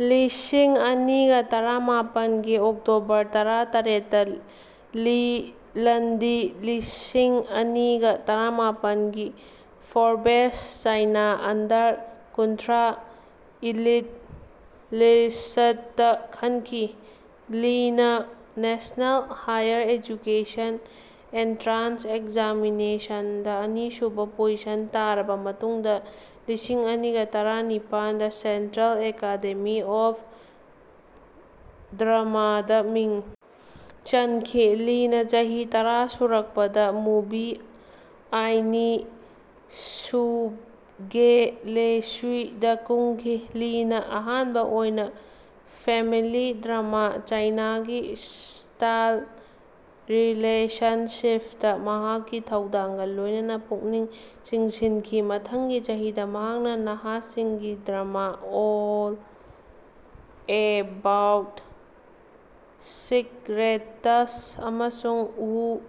ꯂꯤꯁꯤꯡꯑꯅꯤꯒ ꯇꯔꯥꯃꯥꯄꯟꯒꯤ October ꯇꯔꯥꯇꯔꯦꯠꯇ Li Landi ꯂꯤꯁꯤꯡꯑꯅꯤꯒ ꯇꯔꯥꯃꯥꯄꯟꯒꯤ ꯐꯣꯔꯕꯦꯁ ꯆꯥꯏꯅꯥ ꯑꯟꯗꯔ ꯀꯨꯟꯊ꯭ꯔꯥ ꯏꯂꯤꯠ ꯂꯤꯁꯠꯇ ꯈꯟꯈꯤ꯫ ꯂꯤꯅꯥ ꯅꯦꯁꯅꯦꯜ ꯍꯥꯏꯌꯔ ꯑꯦꯖꯨꯀꯦꯁꯟ ꯑꯦꯟꯇ꯭ꯔꯥꯟꯁ ꯑꯦꯛꯖꯥꯃꯤꯅꯦꯁꯟꯗ ꯑꯅꯤꯁꯨꯕ ꯄꯣꯖꯤꯁꯟ ꯇꯥꯔꯕ ꯃꯇꯨꯡꯗ ꯂꯤꯁꯤꯡ ꯑꯅꯤꯒ ꯇꯔꯥꯅꯤꯄꯥꯟꯗ ꯁꯦꯟꯇ꯭ꯔꯦꯜ ꯑꯦꯀꯥꯗꯦꯃꯤ ꯑꯣꯐ ꯗ꯭ꯔꯃꯥꯗ ꯃꯤꯡ ꯆꯟꯈꯤ꯫ ꯂꯤꯅꯥ ꯆꯍꯤ ꯇꯔꯥ ꯁꯨꯔꯛꯄꯗ ꯃꯨꯚꯤ ꯑꯥꯏꯅꯤ ꯁꯨꯒꯦꯂꯦꯁꯨꯏ ꯗ ꯀꯨꯝꯈꯤ꯫ ꯂꯤꯅ ꯑꯍꯥꯟꯕ ꯑꯣꯏꯅ ꯐꯦꯃꯤꯂꯤ ꯗ꯭ꯔꯃꯥ ꯆꯥꯏꯅꯥꯒꯤ ꯁ꯭ꯇꯥꯏꯜ ꯔꯤꯂꯦꯁꯟꯁꯤꯞꯇ ꯃꯍꯥꯛꯀꯤ ꯊꯧꯗꯥꯡꯒ ꯂꯣꯏꯅꯅ ꯄꯨꯛꯅꯤꯡ ꯆꯤꯡꯁꯤꯟꯈꯤ꯫ ꯃꯊꯪꯒꯤ ꯆꯍꯤꯗ ꯃꯍꯥꯛꯅ ꯅꯍꯥꯁꯤꯡꯒꯤ ꯗ꯭ꯔꯃꯥ ꯑꯣꯜ ꯑꯦꯕꯥꯎꯠ ꯁꯤꯛꯔꯦꯇꯁ ꯑꯃꯁꯨꯡ Woo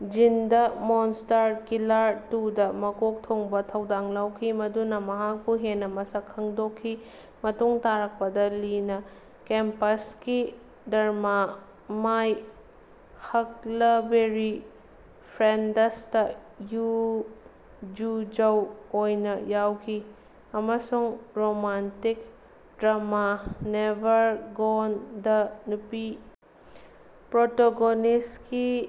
Jin: the monster killer to the ꯃꯀꯣꯛ ꯊꯣꯡꯕ ꯊꯧꯗꯥꯡ ꯂꯧꯈꯤ꯫ ꯃꯗꯨꯅ ꯃꯍꯥꯛꯄꯨ ꯍꯦꯟꯅ ꯃꯁꯛ ꯈꯪꯗꯣꯛꯈꯤ꯫ ꯃꯇꯨꯡ ꯇꯥꯔꯛꯄꯗ ꯂꯤꯅ ꯀꯦꯝꯄꯁꯀꯤ ꯗ꯭ꯔꯃꯥ ꯃꯥꯏ ꯍꯛꯂꯕꯦꯔꯤ ꯐ꯭ꯔꯦꯟꯗꯁꯇ ꯌꯨ ꯓꯨꯖꯧ ꯑꯣꯏꯅ ꯌꯥꯎꯈꯤ, ꯑꯃꯁꯨꯡ ꯔꯣꯃꯥꯟꯇꯤꯛ ꯗ꯭ꯔꯃꯥ ꯅꯦꯚꯔ ꯒꯣꯟꯗ ꯅꯨꯄꯤ ꯄ꯭ꯔꯣꯇꯣꯒꯣꯅꯤꯁ꯭ꯇꯀꯤ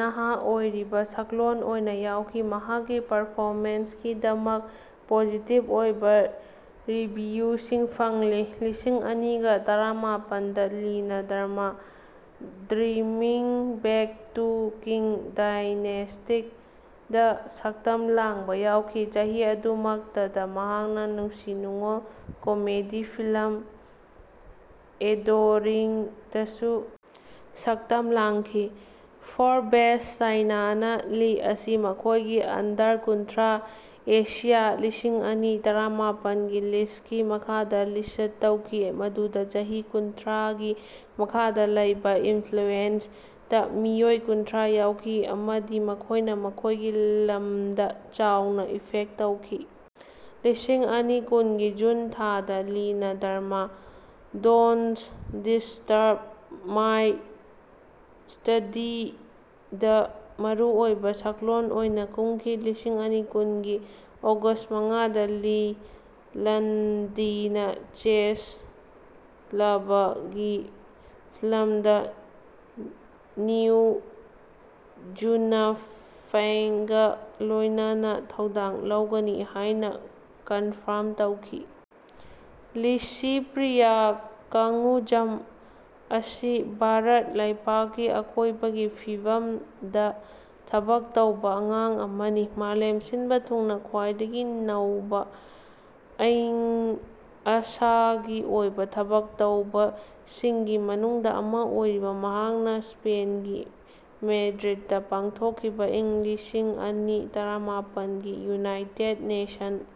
ꯅꯍꯥ ꯑꯣꯏꯔꯤꯕ ꯁꯛꯂꯣꯟ ꯑꯣꯏꯅ ꯌꯥꯎꯈꯤ꯫ ꯃꯍꯥꯛꯀꯤ ꯄꯔꯐꯣꯃꯦꯟꯁꯀꯤꯗꯃꯛ ꯄꯣꯖꯤꯇꯤꯕ ꯑꯣꯏꯕ ꯔꯤꯚꯤꯌꯨꯁꯤꯡ ꯐꯪꯂꯤ꯫ ꯂꯤꯁꯤꯡꯑꯅꯤꯒ ꯇꯔꯥꯃꯥꯄꯟꯗ ꯂꯤꯅ drama dreaming back to king ꯗꯥꯏꯅꯦꯁ꯭ꯇꯤꯗ ꯁꯛꯇꯝ ꯂꯥꯡꯕ ꯌꯥꯎꯈꯤ꯫ ꯆꯍꯤ ꯑꯗꯨꯃꯛꯇꯗ ꯃꯍꯥꯛꯅ ꯅꯨꯡꯁꯤ ꯅꯨꯡꯉꯣꯜ ꯀꯣꯃꯦꯗꯤ ꯐꯤꯜꯝ ꯑꯦꯗꯣꯔꯤꯡ ꯗꯁꯨ ꯁꯛꯇꯝ ꯂꯥꯡꯈꯤ꯫ ꯐꯣꯔꯕꯦꯁ ꯆꯥꯏꯅꯥꯅ ꯂꯤ ꯑꯁꯤ ꯃꯈꯣꯏꯒꯤ ꯑꯟꯗꯔ ꯀꯨꯟꯊ꯭ꯔꯥ ꯑꯦꯁꯤꯌꯥ ꯂꯤꯁꯤꯡ ꯑꯅꯤ ꯇꯔꯥꯃꯥꯄꯟꯒꯤ ꯂꯤꯁ꯭ꯠꯀꯤ ꯃꯈꯥꯗ ꯂꯤꯁ꯭ꯠ ꯇꯧꯈꯤ ꯃꯗꯨꯗ ꯆꯍꯤ ꯀꯨꯟꯊ꯭ꯔꯥꯒꯤ ꯃꯈꯥꯗ ꯂꯩꯕ ꯏꯟꯐ꯭ꯂꯨꯑꯦꯟꯇ ꯃꯤꯑꯣꯏ ꯀꯨꯟꯊ꯭ꯔꯥ ꯌꯥꯎꯈꯤ ꯑꯃꯗꯤ ꯃꯈꯣꯏꯅ ꯃꯈꯣꯏꯒꯤ ꯂꯝꯗ ꯆꯥꯎꯅ ꯏꯐꯦꯛꯠ ꯇꯧꯈꯤ꯫ ꯂꯤꯁꯤꯡꯑꯅꯤ ꯀꯨꯟꯒꯤ ꯖꯨꯟ ꯊꯥꯗ ꯂꯤꯅ ꯗ꯭ꯔꯃꯥ ꯗꯣꯟꯠ ꯗꯤꯁꯇ꯭ꯔꯕ ꯃꯥꯏ ꯁ꯭ꯇꯗꯤꯗ ꯃꯔꯨꯑꯣꯏꯕ ꯁꯛꯂꯣꯟ ꯑꯣꯏꯅ ꯀꯨꯝꯈꯤ꯫ ꯂꯤꯁꯤꯡ ꯑꯅꯤ ꯀꯨꯟꯒꯤ ꯑꯣꯒꯁ꯭ꯠ ꯃꯉꯥꯗ ꯂꯤ ꯂꯟꯗꯤꯅ ꯆꯦꯁ ꯂꯚ ꯒꯤ ꯐꯤꯜꯝꯗ ꯅꯤꯎ ꯖꯨꯅꯐꯦꯡꯒ ꯂꯣꯏꯅꯅ ꯊꯧꯗꯥꯡ ꯂꯧꯒꯅꯤ ꯍꯥꯏꯅ ꯀꯟꯐꯥꯔ꯭ꯝ ꯇꯧꯈꯤ꯫ ꯂꯤꯁꯤꯄ꯭ꯔꯤꯌꯥ ꯀꯡꯒꯨꯖꯝ ꯑꯁꯤ ꯚꯥꯔꯠ ꯂꯩꯄꯥꯛꯀꯤ ꯑꯀꯣꯏꯕꯒꯤ ꯐꯤꯚꯝꯗ ꯊꯕꯛ ꯇꯧꯕ ꯑꯉꯥꯡ ꯑꯃꯅꯤ꯫ ꯃꯥꯂꯦꯝ ꯁꯤꯟꯕ ꯊꯨꯡꯅ ꯈ꯭ꯋꯥꯏꯗꯒꯤ ꯅꯧꯕ ꯑꯏꯪ ꯑꯁꯥꯒꯤ ꯑꯣꯏꯕ ꯊꯕꯛ ꯇꯧꯕꯁꯤꯡꯒꯤ ꯃꯅꯨꯡꯗ ꯑꯃ ꯑꯣꯏꯔꯤꯕ ꯃꯍꯥꯛꯅ ꯁ꯭ꯄꯦꯟꯒꯤ ꯃꯦꯗ꯭ꯔꯤꯗꯇ ꯄꯥꯡꯊꯣꯛꯈꯤꯕ ꯏꯪ ꯂꯤꯁꯤꯡꯑꯅꯤ ꯇꯔꯥꯃꯥꯄꯟꯒꯤ ꯌꯨꯅꯥꯏꯇꯦꯗ ꯅꯦꯁꯟ꯭ꯁ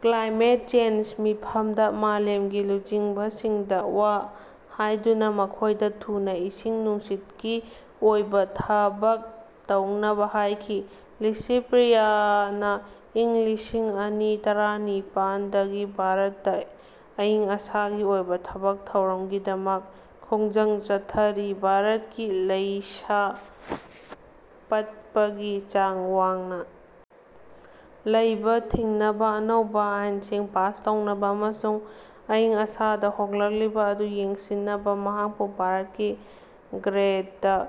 ꯀ꯭ꯂꯥꯏꯃꯦꯠ ꯆꯦꯟꯖ ꯃꯤꯐꯝꯗ ꯃꯥꯂꯦꯝꯒꯤ ꯂꯨꯆꯤꯡꯕꯁꯤꯡꯗ ꯋꯥ ꯍꯥꯏꯗꯨꯅ ꯃꯈꯣꯏꯗ ꯊꯨꯅ ꯏꯁꯤꯡ ꯅꯨꯡꯁꯤꯠꯀꯤ ꯑꯣꯏꯕ ꯊꯕꯛ ꯇꯧꯅꯕ ꯍꯥꯏꯈꯤ꯫ ꯂꯤꯁꯤꯄ꯭ꯔꯤꯌꯥꯅ ꯏꯪ ꯂꯤꯁꯤꯡꯑꯅꯤ ꯇꯔꯥꯅꯤꯄꯥꯥꯜ ꯗꯒꯤ ꯚꯥꯔꯠꯇ ꯑꯏꯪ ꯑꯁꯥꯒꯤ ꯑꯣꯏꯕ ꯊꯕꯛ ꯊꯧꯔꯝꯒꯤꯗꯃꯛ ꯈꯣꯡꯖꯪ ꯆꯠꯊꯔꯤ, ꯚꯥꯔꯠꯀꯤ ꯂꯩꯁꯥ ꯄꯠꯄꯒꯤ ꯆꯥꯡ ꯋꯥꯡꯅ ꯂꯩꯕ ꯊꯤꯡꯅꯕ ꯑꯅꯧꯕ ꯑꯥꯏꯟꯁꯤꯡ ꯄꯥꯁ ꯇꯧꯅꯕ, ꯑꯃꯁꯨꯡ ꯑꯏꯪ ꯑꯁꯥꯗ ꯍꯣꯡꯂꯛꯂꯤꯕ ꯑꯗꯨ ꯌꯦꯡꯁꯤꯟꯅꯕ꯫ ꯃꯍꯥꯛꯄꯨ ꯚꯥꯔꯠꯀꯤ ꯒ꯭ꯔꯦꯇꯥ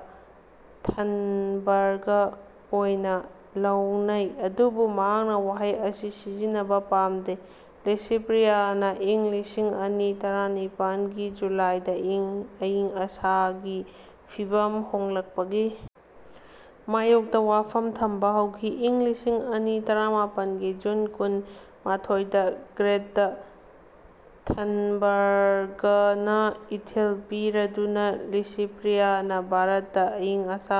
ꯊꯟꯕꯔ꯭ꯒ ꯑꯣꯏꯅ ꯂꯧꯅꯩ, ꯑꯗꯨꯕꯨ ꯃꯍꯥꯛꯅ ꯋꯥꯍꯩ ꯑꯁꯤ ꯁꯤꯖꯤꯟꯅꯕ ꯄꯥꯝꯗꯦ꯫ ꯂꯤꯁꯤꯄ꯭ꯔꯤꯌꯥꯅ ꯏꯪ ꯂꯤꯁꯤꯡꯑꯅꯤ ꯇꯔꯥꯅꯤꯄꯥꯜꯒꯤ ꯖꯨꯂꯥꯏꯗ ꯑꯏꯪ ꯑꯁꯥꯒꯤ ꯐꯤꯚꯝ ꯍꯣꯡꯂꯛꯄꯒꯤ ꯃꯥꯌꯣꯛꯇ ꯋꯥꯐꯝ ꯊꯝꯕ ꯍꯧꯈꯤ꯫ ꯏꯪ ꯂꯤꯁꯤꯡꯑꯅꯤ ꯇꯔꯥꯃꯥꯄꯟꯒꯤ ꯖꯨꯟ ꯀꯨꯟ - ꯃꯥꯊꯣꯏꯗ ꯒ꯭ꯔꯦꯇꯥ ꯊꯟꯕꯔ꯭ꯒꯅ ꯏꯊꯤꯜ ꯄꯤꯔꯗꯨꯅ ꯂꯤꯁꯤꯄ꯭ꯔꯤꯌꯥꯅ ꯚꯥꯔꯠꯇ ꯑꯏꯪ ꯑꯁꯥ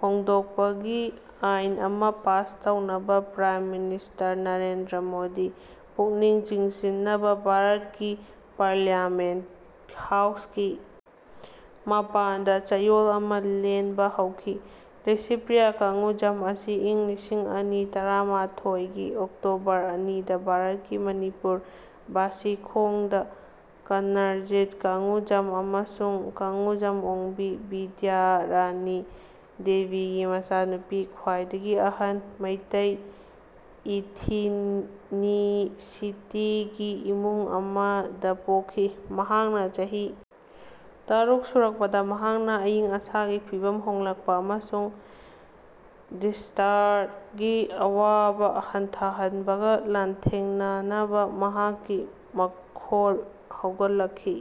ꯍꯣꯡꯗꯣꯛꯄꯒꯤ ꯑꯥꯏꯟ ꯑꯃ ꯄꯥꯁ ꯇꯧꯅꯕ ꯄ꯭ꯔꯥꯏꯝ ꯃꯤꯅꯤꯁꯇꯔ ꯅꯔꯦꯟꯗ꯭ꯔ ꯃꯣꯗꯤ ꯄꯨꯛꯅꯤꯡ ꯆꯤꯡꯁꯤꯟꯅꯕ ꯚꯥꯔꯠꯀꯤ ꯄꯥꯔꯂꯤꯌꯥꯃꯦꯟ꯭ꯇ ꯍꯥꯎꯁꯀꯤ ꯃꯄꯥꯟꯗ ꯆꯌꯣꯜ ꯑꯃ ꯂꯦꯟꯕ ꯍꯧꯈꯤ꯫ ꯂꯤꯁꯤꯄ꯭ꯔꯤꯌꯥ ꯀꯡꯒꯨꯖꯝ ꯑꯁꯤ ꯏꯪ ꯂꯤꯁꯤꯡꯑꯅꯤ ꯇꯔꯥꯃꯥꯊꯣꯏꯒꯤ ꯑꯣꯛꯇꯣꯕꯔ ꯑꯅꯤꯗ ꯚꯥꯔꯠꯀꯤ ꯃꯅꯤꯄꯨꯔ ꯕꯥꯁꯤꯈꯣꯡꯗ, ꯀꯅꯔꯖꯤꯠ ꯀꯡꯒꯨꯖꯥꯝ ꯑꯃꯁꯨꯡ ꯀꯡꯒꯨꯖꯝ ꯑꯣꯡꯕꯤ ꯕꯤꯗ꯭ꯌꯥꯔꯥꯅꯤ ꯗꯦꯕꯤꯒꯤ ꯃꯆꯥꯅꯨꯄꯤ ꯈ꯭ꯋꯥꯏꯗꯒꯤ ꯑꯍꯟ, ꯃꯩꯇꯩ ꯏꯊꯤꯅꯤꯁꯤꯇꯤꯒꯤ ꯏꯃꯨꯡ ꯑꯃꯗ ꯄꯣꯛꯈꯤ꯫ ꯃꯍꯥꯛꯅ ꯆꯍꯤ ꯇꯔꯨꯛ ꯁꯨꯔꯛꯄꯗ ꯃꯍꯥꯛꯅ ꯑꯏꯪ ꯑꯁꯥꯒꯤ ꯐꯤꯚꯝ ꯍꯣꯡꯂꯛꯄ ꯑꯃꯁꯨꯡ ꯗꯤꯁ꯭ꯇꯥꯔꯒꯤ ꯑꯋꯥꯕ ꯍꯟꯊꯍꯟꯕꯒ ꯂꯥꯟꯊꯦꯡꯅꯅꯕ ꯃꯍꯥꯛꯀꯤ ꯃꯈꯣꯜ ꯍꯧꯒꯠꯂꯛꯈꯤ꯫